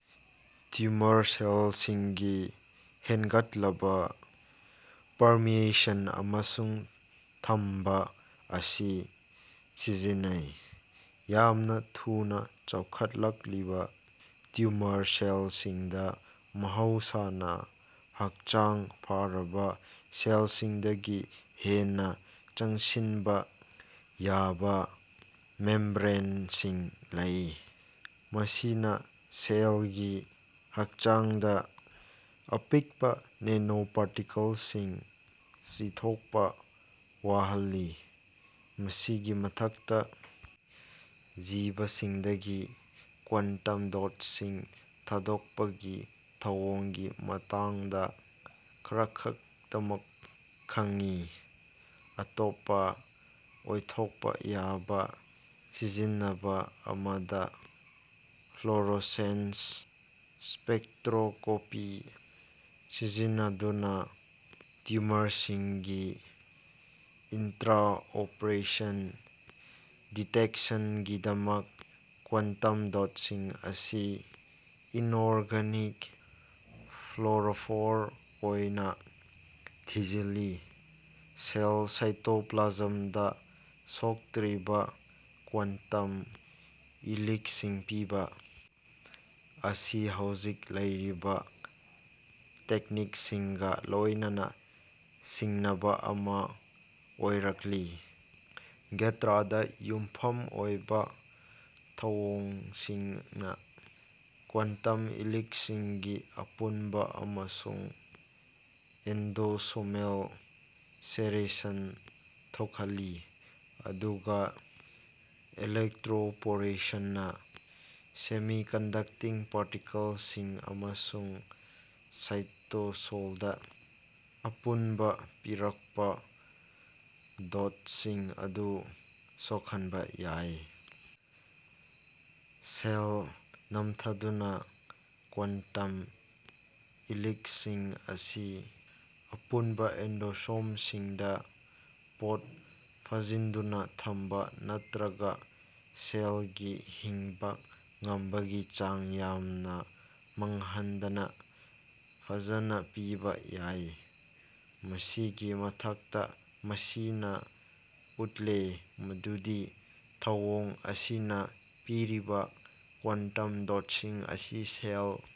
Tumour ꯁꯦꯜꯁꯤꯡꯒꯤ ꯍꯦꯟꯒꯠꯂꯕ permeation ꯑꯃꯁꯨꯡ ꯊꯝꯕ ꯑꯁꯤ ꯁꯤꯖꯤꯟꯅꯩ ꯫ ꯌꯥꯝꯅ ꯊꯨꯅ ꯆꯥꯎꯈꯠꯂꯛꯂꯤꯕ ꯇ꯭ꯌꯨꯃꯔ ꯁꯦꯜꯁꯤꯡꯗ ꯃꯍꯧꯁꯥꯅ ꯍꯛꯆꯥꯡ ꯐꯔꯕ ꯁꯦꯜꯁꯤꯡꯗꯒꯤ ꯍꯦꯟꯅ ꯆꯪꯁꯤꯟꯕ ꯌꯥꯕ ꯃꯦꯝꯕ꯭ꯔꯦꯟꯁꯤꯡ ꯂꯩ꯫ ꯃꯁꯤꯅ ꯁꯦꯜꯒꯤ ꯍꯛꯆꯥꯡꯗ ꯑꯄꯤꯛꯄ ꯅꯦꯅꯣꯄꯥꯔꯇꯤꯀꯜꯁꯤꯡ ꯆꯤꯊꯣꯛꯄ ꯌꯥꯍꯜꯂꯤ ꯫ ꯃꯁꯤꯒꯤ ꯃꯊꯛꯇ ꯖꯤꯕꯁꯤꯡꯗꯒꯤ ꯀ꯭ꯋꯥꯟꯇꯝ ꯗꯣꯠꯁꯤꯡ ꯊꯥꯗꯣꯛꯄꯒꯤ ꯊꯧꯑꯣꯡꯒꯤ ꯃꯇꯥꯡꯗ ꯈꯔꯈꯛꯇꯃꯛ ꯈꯪꯉꯤ꯫ ꯑꯇꯣꯞꯄ ꯑꯣꯏꯊꯣꯛꯄ ꯌꯥꯕ ꯁꯤꯖꯤꯟꯅꯕ ꯑꯃꯗ ꯐ꯭ꯂꯣꯔꯣꯁꯦꯟꯁ ꯁ꯭ꯄꯦꯛꯇ꯭ꯔꯣꯁ꯭ꯀꯣꯄꯤ ꯁꯤꯖꯤꯟꯅꯗꯨꯅ ꯇ꯭ꯌꯨꯃꯔꯁꯤꯡꯒꯤ ꯏꯟꯇ꯭ꯔꯥ-ꯑꯣꯄꯔꯦꯁꯟ ꯗꯤꯇꯦꯛꯁꯟꯒꯤꯗꯃꯛ ꯀ꯭ꯋꯥꯟꯇꯝ ꯗꯣꯠꯁꯤꯡ ꯑꯁꯤ ꯏꯟꯑꯣꯔꯒꯅꯤꯛ ꯐ꯭ꯂꯣꯔꯥꯐꯣꯔ ꯑꯣꯏꯅ ꯊꯤꯖꯤꯜꯂꯤ ꯫ ꯁꯦꯜ ꯁꯥꯏꯇꯣꯄ꯭ꯂꯥꯖꯝꯗ ꯁꯣꯛꯇ꯭ꯔꯤꯕ ꯀ꯭ꯋꯥꯟꯇꯝ ꯏꯂꯤꯛꯁꯤꯡ ꯄꯤꯕ ꯑꯁꯤ ꯍꯧꯖꯤꯛ ꯂꯩꯔꯤꯕ ꯇꯦꯛꯅꯤꯛꯁꯤꯡꯒ ꯂꯣꯏꯅꯅ ꯁꯤꯡꯅꯕ ꯑꯃ ꯑꯣꯏꯔꯛꯂꯤ ꯫ ꯚꯦꯛꯇꯔꯗ ꯌꯨꯝꯐꯝ ꯑꯣꯏꯕ ꯊꯧꯑꯣꯡꯁꯤꯡꯅ ꯀ꯭ꯋꯥꯟꯇꯝ ꯏꯂꯤꯛꯁꯤꯡꯒꯤ ꯑꯄꯨꯟꯕ ꯑꯃꯁꯨꯡ ꯑꯦꯟꯗꯣꯁꯣꯃꯦꯜ ꯁꯦꯔꯦꯁꯟ ꯊꯣꯛꯍꯜꯂꯤ ꯑꯗꯨꯒ ꯏꯂꯦꯛꯇ꯭ꯔꯣꯄꯣꯔꯦꯁꯟꯅ ꯁꯦꯃꯤ-ꯀꯟꯗꯛꯇꯤꯡ ꯄꯥꯔꯇꯤꯀꯜꯁꯤꯡ ꯑꯃꯁꯨꯡ ꯁꯥꯏꯇꯣꯁꯣꯜꯗ ꯑꯄꯨꯟꯕ ꯄꯤꯔꯛꯄ ꯗꯣꯠꯁꯤꯡ ꯑꯗꯨ ꯁꯣꯛꯍꯟꯕ ꯌꯥꯏ ꯫ ꯁꯦꯜ ꯅꯝꯊꯗꯨꯅ ꯀ꯭ꯋꯥꯟꯇꯝ ꯏꯂꯤꯛꯁꯤꯡ ꯑꯁꯤ ꯑꯄꯨꯟꯕ ꯑꯦꯟꯗꯣꯁꯣꯝꯁꯤꯡꯗ ꯄꯣꯠ ꯐꯥꯖꯤꯟꯗꯨꯅ ꯊꯝꯕ ꯅꯠꯇ꯭ꯔꯒ ꯁꯦꯜꯒꯤ ꯍꯤꯡꯕ ꯉꯝꯕꯒꯤ ꯆꯥꯡ ꯌꯥꯝꯅ ꯃꯥꯡꯍꯟꯗꯅ ꯐꯖꯅ ꯄꯤꯕ ꯌꯥꯏ ꯫ ꯃꯁꯤꯒꯤ ꯃꯊꯛꯇ ꯃꯁꯤꯅ ꯎꯠꯂꯦ ꯃꯗꯨꯗꯤ ꯊꯧꯑꯣꯡ ꯑꯁꯤꯅ ꯄꯤꯔꯤꯕ ꯀ꯭ꯋꯥꯟꯇꯝ ꯗꯣꯠꯁꯤꯡ ꯑꯁꯤ ꯁꯦꯜ